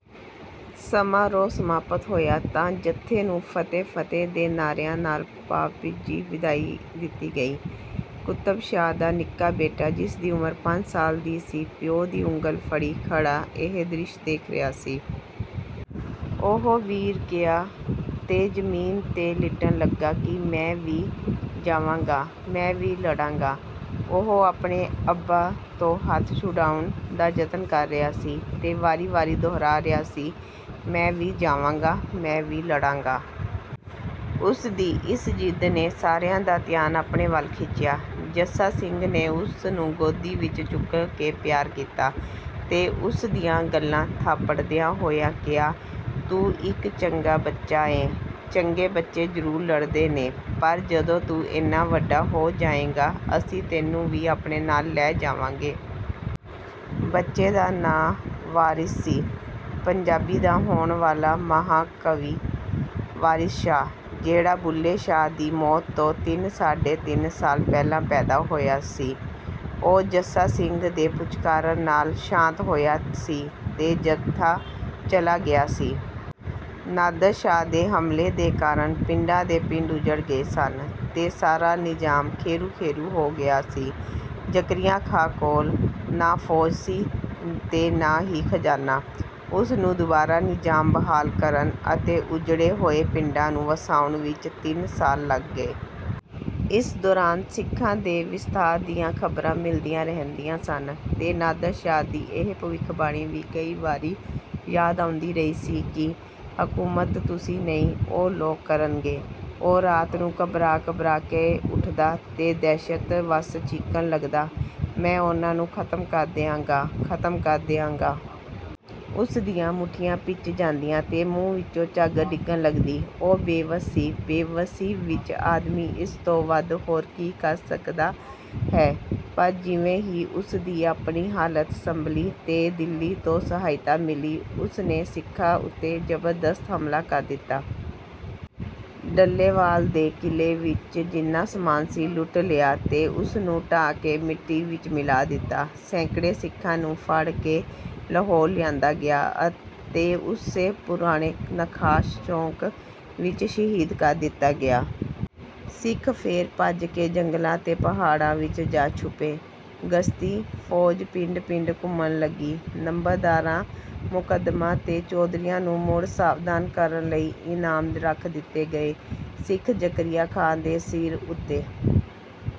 ਸਮਾਰੋਹ ਸਮਾਪਤ ਹੋਇਆ ਤਾਂ ਜੱਥੇ ਨੂੰ "ਫਤਹਿ-ਫਤਹਿ" ਦੇ ਨਾਅਰਿਆਂ ਨਾਲ ਭਾਵ-ਭਿੱਜੀ ਵਿਦਾਈ ਦਿੱਤੀ ਗਈ। ਕੁਤਬ ਸ਼ਾਹ ਦਾ ਨਿੱਕਾ ਬੇਟਾ, ਜਿਸਦੀ ਉਮਰ ਪੰਜ ਸਾਲ ਦੀ ਸੀ, ਪਿਓ ਦੀ ਉਂਗਲ ਫੜੀ ਖੜ੍ਹਾ ਇਹ ਦ੍ਰਿਸ਼ ਦੇਖ ਰਿਹਾ ਸੀ। ਉਹ ਵੀਰ ਗਿਆ ਤੇ ਜਮੀਨ ਤੇ ਲਿੱਟਣ ਲੱਗਾ ਕਿ "ਮੈਂ ਵੀ ਜਾਵਾਂਗਾ, ਮੈਂ ਵੀ ਲੜਾਂਗਾ।" ਉਹ ਆਪਣੇ ਅੱਬਾ ਤੋਂ ਹੱਥ ਛੁਡਾਉਣ ਦਾ ਯਤਨ ਕਰ ਰਿਹਾ ਸੀ ਤੇ ਵਾਰੀ-ਵਾਰੀ ਦੁਹਰਾ ਰਿਹਾ ਸੀ, "ਮੈਂ ਵੀ ਜਾਵਾਂਗਾ, ਮੈਂ ਵੀ ਲੜਾਂਗਾ।" ਉਸਦੀ ਇਸ ਜਿੱਦ ਨੇ ਸਾਰਿਆਂ ਦਾ ਧਿਆਨ ਆਪਣੇ ਵੱਲ ਖਿੱਚਿਆ। ਜੱਸਾ ਸਿੰਘ ਨੇ ਉਸਨੂੰ ਗੋਦੀ ਵਿੱਚ ਚੁੱਕ ਕੇ ਪਿਆਰ ਕੀਤਾ ਤੇ ਉਸਦੀਆਂ ਗੱਲਾਂ ਥਾਪੜਦਿਆਂ ਹੋਇਆਂ ਕਿਹਾ, "ਤੂੰ ਇੱਕ ਚੰਗਾ ਬੱਚਾ ਏਂ। ਚੰਗੇ ਬੱਚੇ ਜ਼ਰੂਰ ਲੜਦੇ ਨੇ, ਪਰ ਜਦੋਂ ਤੂੰ ਇੰਨਾ ਵੱਡਾ ਹੋ ਜਾਏਂਗਾ, ਅਸੀਂ ਤੈਨੂੰ ਵੀ ਆਪਣੇ ਨਾਲ ਲੈ ਜਾਵਾਂਗੇ।" ਬੱਚੇ ਦਾ ਨਾਂ ਵਾਰਿਸ ਸੀ, ਪੰਜਾਬੀ ਦਾ ਹੋਣ ਵਾਲਾ ਮਹਾਂਕਵੀ ਵਾਰਿਸ ਸ਼ਾਹ, ਜਿਹੜਾ ਬੁੱਲ੍ਹੇ ਸ਼ਾਹ ਦੀ ਮੌਤ ਤੋਂ ਤਿੰਨ-ਸਾਢੇ ਤਿੰਨ ਸਾਲ ਪਹਿਲਾਂ ਪੈਦਾ ਹੋਇਆ ਸੀ। ਉਹ ਜੱਸਾ ਸਿੰਘ ਦੇ ਪੁਚਕਾਰਨ ਨਾਲ ਸ਼ਾਂਤ ਹੋਇਆ ਸੀ ਤੇ ਜੱਥਾ ਚਲਾ ਗਿਆ ਸੀ। ਨਾਦਰ ਸ਼ਾਹ ਦੇ ਹਮਲੇ ਦੇ ਕਾਰਨ ਪਿੰਡਾਂ ਦੇ ਪਿੰਡ ਉੱਜੜ ਗਏ ਸਨ ਤੇ ਸਾਰਾ ਨਿਜ਼ਾਮ ਖੇਰੂ-ਖੇਰੂ ਹੋ ਗਿਆ ਸੀ। ਜ਼ਕਰੀਆ ਖਾਂ ਕੋਲ ਨਾ ਫੌਜ ਸੀ ਤੇ ਨਾ ਹੀ ਖਜਾਨਾ। ਉਸਨੂੰ ਦੁਬਾਰਾ ਨਿਜ਼ਾਮ ਬਹਾਲ ਕਰਨ ਅਤੇ ਉੱਜੜੇ ਹੋਏ ਪਿੰਡਾਂ ਨੂੰ ਵਸਾਉਣ ਵਿੱਚ ਤਿੰਨ ਸਾਲ ਲੱਗ ਗਏ। ਇਸ ਦੌਰਾਨ ਸਿੱਖਾਂ ਦੇ ਵਿਸਥਾਰ ਦੀਆਂ ਖ਼ਬਰਾਂ ਮਿਲਦੀਆਂ ਰਹਿੰਦੀਆਂ ਸਨ ਤੇ ਨਾਦਰ ਸ਼ਾਹ ਦੀ ਇਹ ਭਵਿੱਖਬਾਣੀ ਵੀ ਕਈ ਵਾਰੀ ਯਾਦ ਆਉਂਦੀ ਰਹੀ ਸੀ ਕਿ "ਹਕੂਮਤ ਤੁਸੀਂ ਨਹੀਂ, ਉਹ ਲੋਕ ਕਰਨਗੇ।" ਉਹ ਰਾਤ ਨੂੰ ਘਬਰਾ-ਘਬਰਾ ਕੇ ਉੱਠਦਾ ਤੇ ਦਹਿਸ਼ਤ ਵੱਸ ਚੀਕਣ ਲੱਗਦਾ, "ਮੈਂ ਉਹਨਾਂ ਨੂੰ ਖ਼ਤਮ ਕਰ ਦਿਆਂਗਾ, ਖ਼ਤਮ ਕਰ ਦਿਆਂਗਾ।" ਉਸਦੀਆਂ ਮੁੱਠੀਆਂ ਭਿੰਚ ਜਾਂਦੀਆਂ ਤੇ ਮੂੰਹ ਵਿੱਚੋਂ ਝੱਗ ਡਿੱਗਣ ਲੱਗਦੀ। ਉਹ ਬੇਵੱਸ ਸੀ। ਬੇਵੱਸੀ ਵਿੱਚ ਆਦਮੀ ਇਸ ਤੋਂ ਵੱਧ ਹੋਰ ਕਰ ਵੀ ਕੀ ਸਕਦਾ ਹੈ? ਪਰ ਜਿਵੇਂ ਹੀ ਉਸਦੀ ਆਪਣੀ ਹਾਲਤ ਸੰਭਲੀ ਤੇ ਦਿੱਲੀ ਤੋਂ ਸਹਾਇਤਾ ਮਿਲੀ, ਉਸਨੇ ਸਿੱਖਾਂ ਉੱਤੇ ਜ਼ਬਰਦਸਤ ਹਮਲਾ ਕਰ ਦਿੱਤਾ। ਡੱਲੇਵਾਲ ਦੇ ਕਿਲੇ ਵਿੱਚ ਜਿੰਨਾ ਸਾਮਾਨ ਸੀ, ਲੁੱਟ ਲਿਆ ਤੇ ਉਸਨੂੰ ਢਾਹ ਕੇ ਮਿੱਟੀ ਵਿੱਚ ਮਿਲਾ ਦਿੱਤਾ। ਸੈਂਕੜੇ ਸਿੱਖਾਂ ਨੂੰ ਫੜ ਕੇ ਲਾਹੌਰ ਲਿਆਂਦਾ ਗਿਆ ਅਤੇ ਉਸੇ ਪੁਰਾਣੇ ਨਖਾਸ ਚੌਂਕ ਵਿੱਚ ਸ਼ਹੀਦ ਕਰ ਦਿੱਤਾ ਗਿਆ। ਸਿੱਖ ਫੇਰ ਭੱਜ ਕੇ ਜੰਗਲਾਂ ਤੇ ਪਹਾੜਾਂ ਵਿੱਚ ਜਾ ਛੁਪੇ। ਗਸ਼ਤੀ-ਫੌਜ ਪਿੰਡ-ਪਿੰਡ ਘੁੰਮਣ ਲੱਗੀ। ਨੰਬਰਦਾਰਾਂ, ਮੁਕੱਦਮਾਂ ਤੇ ਚੌਧਰੀਆਂ ਨੂੰ ਮੁੜ ਸਾਵਧਾਨ ਕਰਨ ਲਈ ਇਨਾਮ ਰੱਖ ਦਿੱਤੇ ਗਏ। ਸਿੱਖ ਜ਼ਕਰੀਆ ਖਾਂ ਦੇ ਸਿਰ ਉੱਤੇ